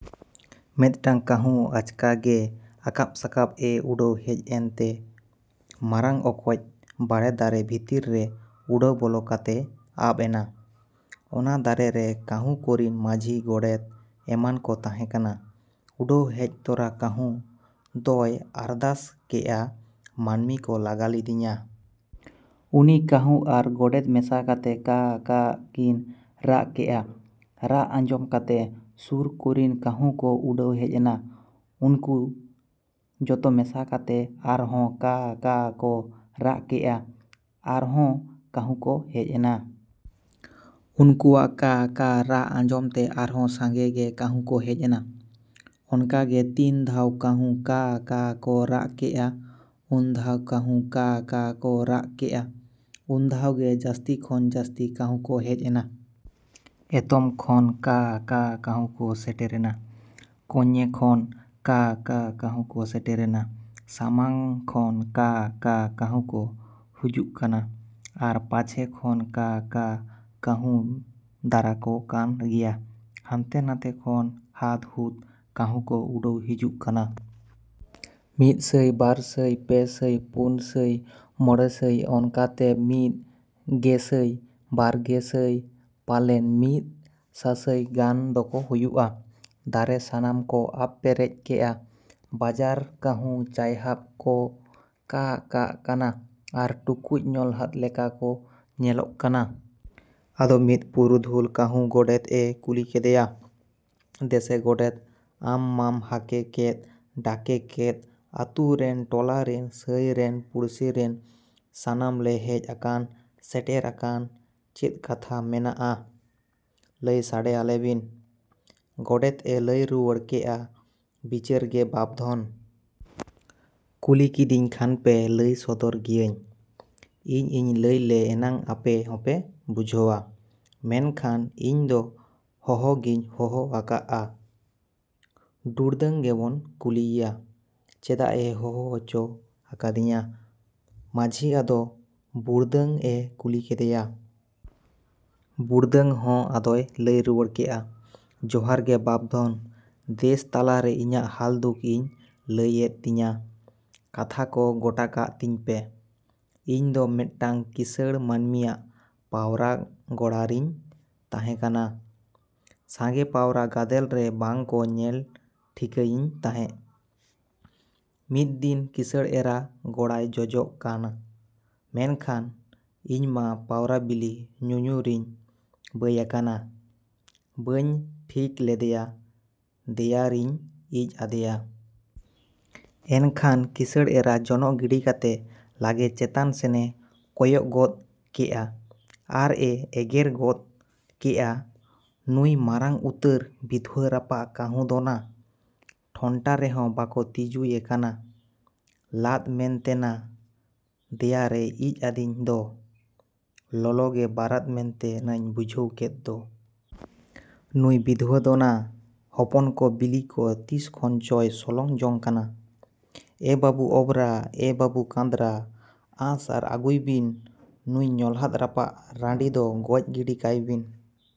ᱢᱤᱫᱴᱟᱝ ᱠᱟᱺᱦᱩ ᱟᱪᱠᱟ ᱜᱮ ᱟᱠᱟᱵ ᱥᱟᱠᱟᱵ ᱮ ᱩᱰᱟᱹᱣ ᱦᱮᱡ ᱮᱱᱛᱮ ᱢᱟᱨᱟᱝ ᱚᱠᱚᱡ ᱵᱟᱲᱮ ᱫᱟᱨᱮ ᱵᱷᱤᱛᱨᱤ ᱨᱮ ᱩᱰᱟᱹᱣ ᱵᱚᱞᱚ ᱠᱟᱛᱮᱭ ᱟᱵ ᱮᱱᱟ᱾ ᱚᱱᱟ ᱫᱟᱨᱮ ᱨᱮ ᱠᱟᱺᱦᱩ ᱠᱚᱨᱤᱱ ᱢᱟᱹᱡᱷᱤ ᱜᱚᱰᱮᱛ ᱮᱢᱟᱱ ᱠᱚ ᱛᱟᱦᱮᱸ ᱠᱟᱱᱟ᱾ ᱩᱰᱟᱹᱣ ᱦᱮᱡ ᱛᱚᱨᱟ ᱠᱟᱺᱦᱩ ᱫᱚᱭ ᱟᱨᱫᱟᱥ ᱠᱮᱜᱼᱟ ᱢᱟᱹᱱᱢᱤ ᱠᱚ ᱞᱟᱜᱟ ᱞᱤᱫᱤᱧᱟ᱾ ᱩᱱᱤ ᱠᱟᱺᱦᱩ ᱟᱨ ᱜᱚᱰᱮᱛ ᱢᱮᱥᱟ ᱠᱟᱛᱮ ᱠᱟᱜ ᱻᱠᱟᱜ ᱠᱤᱱ ᱨᱟᱜ ᱠᱮᱜᱼᱟ᱾ ᱨᱟᱜ ᱟᱸᱡᱚᱢ ᱠᱟᱛᱮ ᱥᱩᱨ ᱠᱚᱨᱤᱱ ᱠᱟᱺᱦᱩ ᱠᱚ ᱩᱰᱟᱹᱣ ᱦᱮᱡ ᱮᱱᱟ᱾ ᱩᱱᱠᱩ ᱡᱚᱛᱚ ᱢᱮᱥᱟ ᱠᱟᱛᱮ ᱟᱨᱦᱚᱸ ᱠᱟᱜᱻ ᱠᱟᱜ ᱠᱚ ᱨᱟᱜ ᱠᱮᱜᱼᱟ ᱟᱨᱦᱚᱸ ᱠᱟᱺᱦᱩ ᱠᱚ ᱦᱮᱡ ᱮᱱᱟ᱾ ᱩᱱᱠᱩᱣᱟᱜ ᱠᱟᱜ ᱻᱠᱟᱜ ᱨᱟᱜ ᱟᱸᱡᱚᱢ ᱛᱮ ᱟᱨᱦᱚᱸ ᱥᱟᱸᱜᱮ ᱜᱮ ᱠᱟᱺᱦᱩ ᱠᱚ ᱦᱮᱡ ᱮᱱᱟ᱾ ᱚᱱᱠᱟ ᱜᱮ ᱛᱤᱱ ᱫᱷᱟᱣ ᱠᱟᱺᱦᱩ ᱠᱟᱜ ᱻᱠᱟᱜ ᱠᱚ ᱨᱟᱜ ᱠᱮᱜᱼᱟ ᱩᱱᱫᱷᱟᱣ ᱠᱟᱺᱦᱩ ᱠᱟᱜ ᱻᱠᱟᱜ ᱠᱚ ᱨᱟᱜ ᱠᱮᱜᱼᱟ ᱩᱱᱫᱷᱟᱣ ᱜᱮ ᱡᱟᱹᱥᱛᱤ ᱠᱷᱚᱱ ᱡᱟᱹᱥᱛᱤ ᱠᱟᱺᱦᱩ ᱠᱚ ᱦᱮᱡ ᱮᱱᱟ᱾ ᱮᱛᱚᱢ ᱠᱷᱚᱱ ᱠᱟᱜᱻ ᱠᱟᱜ ᱠᱟᱺᱦᱩ ᱠᱚ ᱥᱮᱴᱮᱨᱮᱱᱟ᱾ ᱠᱚᱧᱮ ᱠᱷᱚᱱ ᱠᱟᱜ ᱻᱠᱟᱜ ᱠᱟᱺᱦᱩ ᱠᱚ ᱥᱮᱴᱮᱨᱮᱱᱟ᱾ ᱥᱟᱢᱟᱝ ᱠᱷᱚᱱ ᱠᱟᱜᱻ ᱠᱟᱜ ᱠᱟᱹᱦᱩ ᱠᱚ ᱦᱩᱡᱩᱜ ᱠᱟᱱᱟ ᱾ᱟᱨ ᱯᱟᱪᱷᱮ ᱠᱷᱚᱱ ᱠᱟᱜᱻ ᱠᱟᱜ ᱠᱟᱺᱦᱩ ᱫᱟᱨᱟ ᱠᱚ ᱠᱟᱱ ᱜᱮᱭᱟ᱾ ᱦᱟᱱᱛᱮ ᱱᱟᱛᱮ ᱠᱷᱚᱱ ᱦᱟᱫᱽ ᱦᱩᱫᱽ ᱠᱟᱺᱦᱩ ᱠᱚ ᱩᱰᱟᱹᱣ ᱦᱤᱡᱩᱜ ᱠᱟᱱᱟ᱾ ᱢᱤᱫ ᱥᱟᱹᱭ ᱵᱟᱨ ᱥᱟᱹᱭ ᱯᱮ ᱥᱟᱹᱭ ᱯᱩᱱ ᱥᱟᱹᱭ ᱢᱚᱬᱮ ᱥᱟᱹᱭ ᱚᱱᱠᱟᱛᱮ ᱢᱤᱫ ᱜᱮᱥᱟᱹᱭ ᱵᱟᱨ ᱜᱮᱥᱟᱹᱭ ᱯᱟᱞᱮᱱ ᱢᱤᱫ ᱥᱟᱥᱟᱹᱭ ᱜᱟᱱ ᱫᱚᱠᱚ ᱦᱩᱭᱩᱜᱼᱟ ᱾ᱫᱟᱨᱮ ᱥᱟᱱᱟᱢ ᱠᱚ ᱟᱵ ᱯᱮᱨᱮᱡ ᱠᱮᱜᱼᱟ᱾ ᱵᱟᱡᱟᱨ ᱠᱟᱺᱦᱩ ᱪᱟᱭᱦᱟᱵ ᱠᱚ ᱠᱟᱜᱻ ᱠᱟᱜ ᱠᱟᱱᱟ ᱟᱨ ᱴᱩᱠᱩᱡ ᱧᱚᱞᱷᱟᱫ ᱞᱮᱠᱟ ᱠᱚ ᱧᱮᱞᱚᱜ ᱠᱟᱱᱟ᱾ ᱟᱫᱚ ᱢᱤᱫ ᱯᱩᱨᱩᱫᱷᱩᱞ ᱠᱟᱺᱦᱩ ᱜᱚᱰᱮᱛ ᱮ ᱠᱩᱞᱤ ᱠᱮᱫᱮᱭᱟ ᱫᱮᱥᱮ ᱜᱚᱰᱮᱛ ᱟᱢ ᱢᱟᱢ ᱦᱟᱠᱮ ᱠᱮᱫ ᱰᱟᱠᱮ ᱠᱮᱫ ᱟᱹᱛᱩ ᱨᱤᱱ ᱴᱚᱞᱟ ᱨᱤᱱ ᱥᱟᱹᱭ ᱨᱤᱱ ᱯᱩᱲᱥᱤ ᱨᱤᱱ ᱥᱟᱱᱟᱢ ᱞᱮ ᱦᱮᱡ ᱟᱠᱟᱱ ᱥᱮᱴᱮᱨ ᱟᱠᱟᱱᱟ᱾ ᱪᱮᱫ ᱠᱟᱛᱷᱟ ᱢᱮᱱᱟᱜᱼᱟ ᱞᱟᱹᱭ ᱥᱟᱰᱮ ᱟᱞᱮ ᱵᱤᱱ ᱜᱚᱰᱮᱛ ᱮ ᱞᱟᱹᱭ ᱨᱩᱣᱟᱹᱲ ᱠᱮᱜᱼᱟ ᱵᱤᱪᱟᱹᱨ ᱜᱮ ᱵᱟᱯ ᱫᱷᱚᱱ᱾ ᱠᱩᱞᱤ ᱠᱤᱫᱤᱧ ᱠᱷᱟᱱ ᱯᱮ ᱞᱟᱹᱭ ᱥᱚᱫᱚᱨ ᱜᱮᱭᱟᱹᱧ᱾ ᱤᱧᱤᱧ ᱞᱟᱹᱭ ᱞᱮ ᱮᱱᱟᱝ ᱟᱯᱮ ᱦᱚᱸᱯᱮ ᱵᱩᱡᱷᱟᱹᱣᱟ᱾ ᱢᱮᱱᱠᱷᱟᱱ ᱤᱧ ᱫᱚ ᱦᱚᱦᱚ ᱜᱮᱧ ᱦᱚᱦᱚ ᱟᱠᱟᱜᱼᱟ ᱾ ᱰᱩᱲᱫᱟᱹᱝ ᱜᱮᱵᱚ ᱠᱩᱞᱤ ᱮᱭᱟ ᱾ ᱪᱮᱫᱟᱜ ᱮ ᱦᱚᱦᱚ ᱚᱪᱚ ᱟᱠᱟᱫᱤᱧᱟ ᱢᱟᱺᱡᱷᱤ ᱟᱫᱚ ᱵᱩᱲᱫᱟᱹᱝ ᱮ ᱠᱩᱞᱤ ᱠᱮᱫᱮᱭᱟ᱾ ᱵᱩᱲᱫᱟᱹᱝ ᱦᱚᱸ ᱟᱫᱚᱭ ᱞᱟᱹᱭ ᱨᱩᱣᱟᱹᱲ ᱠᱮᱜᱼᱟ ᱾ᱡᱚᱦᱟᱨ ᱜᱮ ᱵᱟᱯᱼᱫᱷᱚᱱ᱾ ᱫᱮᱥ ᱛᱟᱞᱟᱨᱮ ᱤᱧᱟᱜ ᱦᱟᱞᱫᱩᱠ ᱤᱧ ᱞᱟᱹᱭ ᱮᱫ ᱛᱤᱧᱟ᱾ ᱠᱟᱛᱷᱟ ᱠᱚ ᱜᱚᱴᱟᱠᱟᱜ ᱛᱤᱧ ᱯᱮ ᱤᱧ ᱫᱚ ᱢᱤᱫᱴᱟᱝ ᱠᱤᱥᱟᱹᱬ ᱢᱟᱹᱱᱢᱤᱭᱟᱜ ᱯᱟᱣᱨᱟ ᱜᱚᱲᱟ ᱨᱤᱧ ᱛᱟᱦᱮᱸ ᱠᱟᱱᱟ᱾ ᱥᱟᱸᱜᱮ ᱯᱟᱣᱨᱟ ᱜᱟᱫᱮᱞ ᱨᱮ ᱵᱟᱝ ᱠᱚ ᱧᱮᱞ ᱴᱷᱤᱠᱟᱹᱭᱤᱧ ᱛᱟᱦᱮᱸᱜ ᱢᱤᱫ ᱫᱤᱱ ᱠᱤᱥᱟᱹᱬ ᱮᱨᱟ ᱜᱚᱲᱟᱭ ᱡᱚᱡᱚᱜ ᱠᱟᱱᱟ ᱢᱮᱱᱠᱷᱟᱱ ᱤᱧ ᱢᱟ ᱯᱟᱣᱨᱟ ᱵᱤᱞᱤ ᱧᱩ ᱧᱩ ᱨᱮᱧ ᱵᱟᱹᱭ ᱟᱠᱟᱱᱟ ᱵᱟᱹᱧ ᱴᱷᱤᱜ ᱞᱮᱫᱮᱭᱟ ᱫᱮᱭᱟ ᱨᱤᱧ ᱤᱡ ᱟᱫᱮᱭᱟ᱾ ᱮᱱᱠᱷᱟᱱ ᱠᱤᱥᱟᱹᱬ ᱮᱨᱟ ᱡᱚᱱᱚᱜ ᱜᱤᱰᱤ ᱠᱟᱛᱮ ᱞᱟᱜᱮ ᱪᱮᱛᱟᱱ ᱥᱮᱱ ᱮ ᱠᱚᱭᱚᱜ ᱜᱚᱫ ᱠᱮᱜᱼᱟ ᱟᱨ ᱮ ᱮᱜᱮᱨ ᱜᱚᱫ ᱠᱮᱜᱼᱟ ᱱᱩᱭ ᱢᱟᱨᱟᱝ ᱩᱛᱟᱹᱨ ᱵᱤᱫᱷᱩᱣᱟᱹ ᱨᱟᱯᱟᱜ ᱠᱟᱺᱦᱩ ᱫᱚᱱᱟ ᱴᱷᱚᱱᱴᱟ ᱨᱮᱦᱚᱸ ᱵᱟᱠᱚ ᱛᱤᱡᱩᱭᱮ ᱠᱟᱱᱟ᱾ ᱞᱟᱫᱽ ᱢᱮᱱᱛᱮ ᱱᱟ ᱫᱮᱭᱟ ᱨᱮ ᱤᱡ ᱟᱹᱫᱤᱧ ᱫᱚ ᱞᱚᱞᱚᱜᱮ ᱵᱟᱨᱟᱫ ᱢᱮᱱᱛᱮ ᱱᱟᱹᱧ ᱵᱩᱡᱷᱟᱹᱣ ᱠᱮᱫ ᱫᱚ᱾ ᱱᱩᱭ ᱵᱤᱫᱷᱩᱣᱟᱹ ᱫᱚᱱᱟ ᱦᱚᱯᱚᱱ ᱠᱚ ᱵᱤᱞᱤ ᱠᱚ ᱛᱤᱥ ᱠᱷᱚᱱ ᱪᱚᱭ ᱥᱚᱞᱚᱝ ᱡᱚᱝ ᱠᱟᱱᱟ᱾ ᱮ ᱵᱟᱹᱵᱩ ᱚᱵᱽᱨᱟ ᱮ ᱵᱟᱹᱵᱩ ᱠᱟᱸᱫᱽᱨᱟ ᱟᱜᱼᱥᱟᱨ ᱟᱹᱜᱩᱭ ᱵᱤᱱ ᱼ ᱱᱩᱭ ᱧᱚᱞᱷᱟᱫ ᱨᱟᱯᱟᱜ ᱨᱟᱸᱰᱟ ᱫᱚ ᱜᱚᱡ ᱜᱤᱰᱤ ᱠᱟᱭ ᱵᱤᱱ᱾